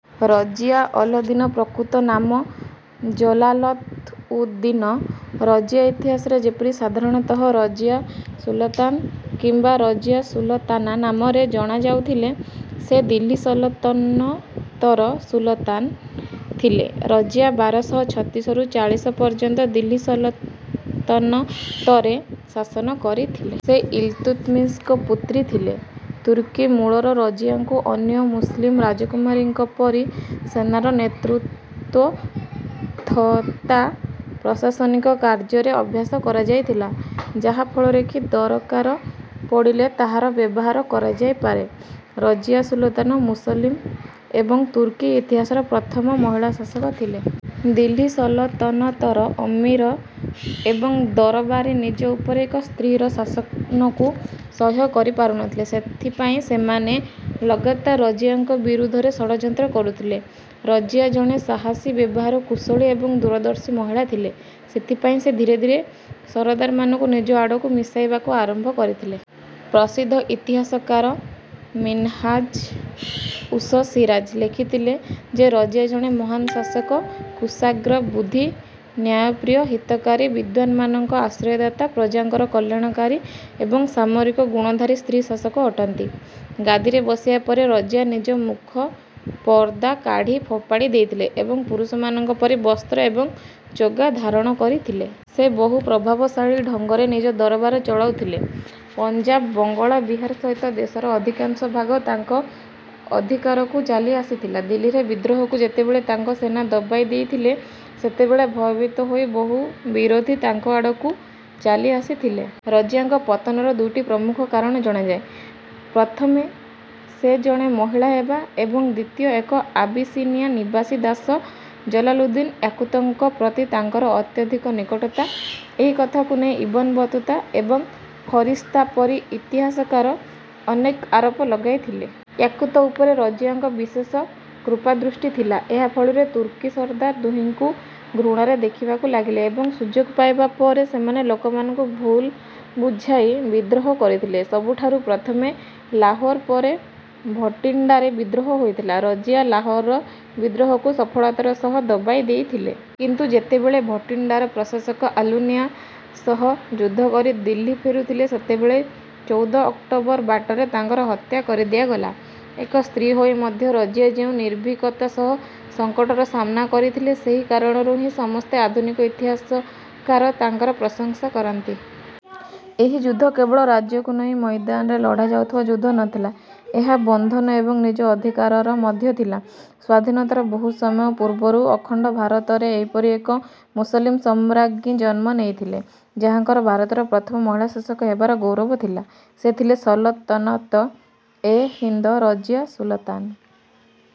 ରଜିୟା ଅଲ ଦିନ ପ୍ରକୃତ ନାମ ଜଲାଲତ ଉଦ ଦିନ ରଜିୟା ଇତିହାସରେ ଯେପରି ସାଧାରଣତଃ ରଜିୟା ସୁଲତାନ କିମ୍ବା ରଜିୟା ସୁଲତାନା ନାମରେ ଜଣାଯାଉଥିଲେ। ସେ ଦିଲ୍ଲୀ ସଲତନତର ସୁଲତାନ ଥିଲେ। ରଜିୟା ବାର ଶହ ଛତିଶରୁ ଚାଲିଶ ପର୍ଯ୍ୟନ୍ତ ଦିଲ୍ଲୀ ସଲତନତରେ ଶାସନ କରିଥିଲେ। ସେ ଇଲତୁତମିଶଙ୍କ ପୁତ୍ରୀ ଥିଲେ। ତୁର୍କୀ ମୂଳର ରଜିୟାଙ୍କୁ ଅନ୍ୟ ମୁସଲିମ ରାଜକୁମାରୀଙ୍କ ପରି ସେନାର ନେତୃତ୍ୱ ଥତା ପ୍ରଶାସନିକ କାର୍ଯ୍ୟରେ ଅଭ୍ୟାସ କରାଯାଇଥିଲା ଯାହାଫଳରେ କି ଦରକାର ପଡ଼ିଲେ ତାହାର ବ୍ୟବହାର କରାଯାଇପାରେ। ରଜିୟା ସୁଲତାନ ମୁସଲିମ ଏବଂ ତୁର୍କୀ ଇତିହାସର ପ୍ରଥମ ମହିଳା ଶାସକ ଥିଲେ। ଦିଲ୍ଲୀ ସଲତନତର ଅମୀର ଏବଂ ଦରବାରୀ ନିଜ ଉପରେ ଏକ ସ୍ତ୍ରୀର ଶାସନକୁ ସହ୍ୟ କରିପାରୁନଥିଲେ। ସେଥିପାଇଁ ସେମାନେ ଲଗାତାର ରଜିୟାଙ୍କ ବିରୁଦ୍ଧରେ ଷଡ଼ଯନ୍ତ୍ର କରୁଥିଲେ। ରଜିୟା ଜଣେ ସାହସୀ ବ୍ୟବହାର କୁଶଳୀ ଏବଂ ଦୂରଦର୍ଶୀ ମହିଳା ଥିଲେ। ସେଥିପାଇଁ ସେ ଧୀରେ ଧୀରେ ସରଦାରମାନଙ୍କୁ ନିଜ ଆଡ଼କୁ ମିଶାଇବାକୁ ଆରମ୍ଭ କରିଥିଲେ। ପ୍ରସିଦ୍ଧ ଇତିହାସକାର ମିନ୍ହାଜ ଉସ ସିରାଜ ଲେଖିଥିଲେ ଯେ ରଜିୟା ଜଣେ ମହାନ୍ ଶାସକ କୁଶାଗ୍ର ବୁଦ୍ଧି ନ୍ୟାୟପ୍ରିୟ ହିତକାରୀ ବିଦ୍ୱାନମାନଙ୍କ ଆଶ୍ରୟଦାତା ପ୍ରଜାଙ୍କର କଲ୍ୟାଣକାରୀ ଏବଂ ସାମରିକ ଗୁଣଧାରୀ ସ୍ତ୍ରୀ ଶାସକ ଅଟନ୍ତି। ଗାଦିରେ ବସିବା ପରେ ରଜିୟା ନିଜ ମୁଖ ପର୍ଦ୍ଦା କାଢ଼ି ଫୋପାଡ଼ି ଦେଇଥିଲେ ଏବଂ ପୁରୁଷମାନଙ୍କ ପରି ବସ୍ତ୍ର ଏବଂ ଚୋଗା ଧାରଣ କରିଥିଲେ। ସେ ବହୁ ପ୍ରଭାବଶାଳୀ ଢଙ୍ଗରେ ନିଜ ଦରବାର ଚଳାଉଥିଲେ। ପଞ୍ଜାବ ବଙ୍ଗଳା ବିହାର ସହିତ ଦେଶର ଅଧିକାଂଶ ଭାଗ ତାଙ୍କ ଅଧିକାରକୁ ଚାଲିଆସିଥିଲା। ଦିଲ୍ଲୀରେ ବିଦ୍ରୋହକୁ ଯେତେବେଳେ ତାଙ୍କ ସେନା ଦବାଇ ଦେଇଥିଲେ ସେତେବେଳେ ଭୟଭୀତ ହୋଇ ବହୁ ବିରୋଧୀ ତାଙ୍କ ଆଡ଼କୁ ଚାଲି ଆସିଥିଲେ। ରଜିୟାଙ୍କ ପତନର ଦୁଇଟି ପ୍ରମୁଖ କାରଣ ଜଣାଯାଏ। ପ୍ରଥମେ ସେ ଜଣେ ମହିଳା ହେବା ଏବଂ ଦ୍ୱିତୀୟ ଏକ ଆବିସିନିଆ ନିବାସୀ ଦାସ ଜଲାଲୁଦ୍ଦିନ ୟାକୁତଙ୍କ ପ୍ରତି ତାଙ୍କର ଅତ୍ୟଧିକ ନିକଟତା। ଏହି କଥାକୁ ନେଇ ଇବ୍ନ ବତୂତା ଏବଂ ଫରିସ୍ତା ପରି ଇତିହାସକାର ଅନେକ ଆରୋପ ଲଗାଇଥିଲେ। ୟାକୁତ ଉପରେ ରଜିୟାଙ୍କ ବିଶେଷ କୃପାଦୃଷ୍ଟି ଥିଲା। ଏହା ଫଳରେ ତୁର୍କୀ ସରଦାର ଦୁହିଁଙ୍କୁ ଘୃଣାରେ ଦେଖିବାକୁ ଲାଗିଲେ ଏବଂ ସୁଯୋଗ ପାଇବା ପରେ ସେମାନେ ଲୋକମାନଙ୍କୁ ଭୁଲ୍ ବୁଝାଇ ବିଦ୍ରୋହ କରିଥିଲେ। ସବୁଠାରୁ ପ୍ରଥମେ ଲାହୋର ପରେ ଭଟିଣ୍ଡାରେ ବିଦ୍ରୋହ ହୋଇଥିଲା। ରଜିୟା ଲାହୋରର ବିଦ୍ରୋହକୁ ସଫଳତାର ସହ ଦବାଇଦେଇଥିଲେ। କିନ୍ତୁ ଯେତେବେଳେ ଭଟିଣ୍ଡାର ପ୍ରଶାସକ ଅଲ୍ତୁନିୟା ସହ ଯୁଦ୍ଧ କରି ଦିଲ୍ଲୀ ଫେରୁଥିଲେ ସେତେବେଳେ ଚୌଦ ଅକ୍ଟୋବର ବାଟରେ ତାଙ୍କର ହତ୍ୟା କରିଦିଆଗଲା। ଏକ ସ୍ତ୍ରୀ ହୋଇ ମଧ୍ୟ ରଜିୟା ଯେଉଁ ନିର୍ଭୀକତା ସହ ସଂକଟର ସାମ୍ନା କରିଥିଲେ ସେହି କାରଣରୁ ହିଁ ସମସ୍ତ ଆଧୁନିକ ଇତିହାସକାର ତାଙ୍କର ପ୍ରଶଂସା କରନ୍ତି। ଏହି ଯୁଦ୍ଧ କେବଳ ରାଜ୍ୟକୁ ନେଇ ମୈଦାନରେ ଲଢ଼ାଯାଉଥିବା ଯୁଦ୍ଧ ନଥିଲା ଏହା ବନ୍ଧନ ଏବଂ ନିଜ ଅଧିକାରର ମଧ୍ୟ ଥିଲା। ସ୍ୱାଧୀନତାର ବହୁ ସମୟ ପୂର୍ବରୁ ଅଖଣ୍ଡ ଭାରତରେ ଏହିପରି ଏକ ମୁସଲିମ ସମ୍ରାଜ୍ଞୀ ଜନ୍ମ ନେଇଥିଲେ ଯାହାଙ୍କର ଭାରତର ପ୍ରଥମ ମହିଳା ଶାସକ ହେବାର ଗୌରବ ଥିଲା। ସେ ଥିଲେ ସଲତନତ ଏ ହିନ୍ଦ ରଜିୟା ସୁଲତାନ।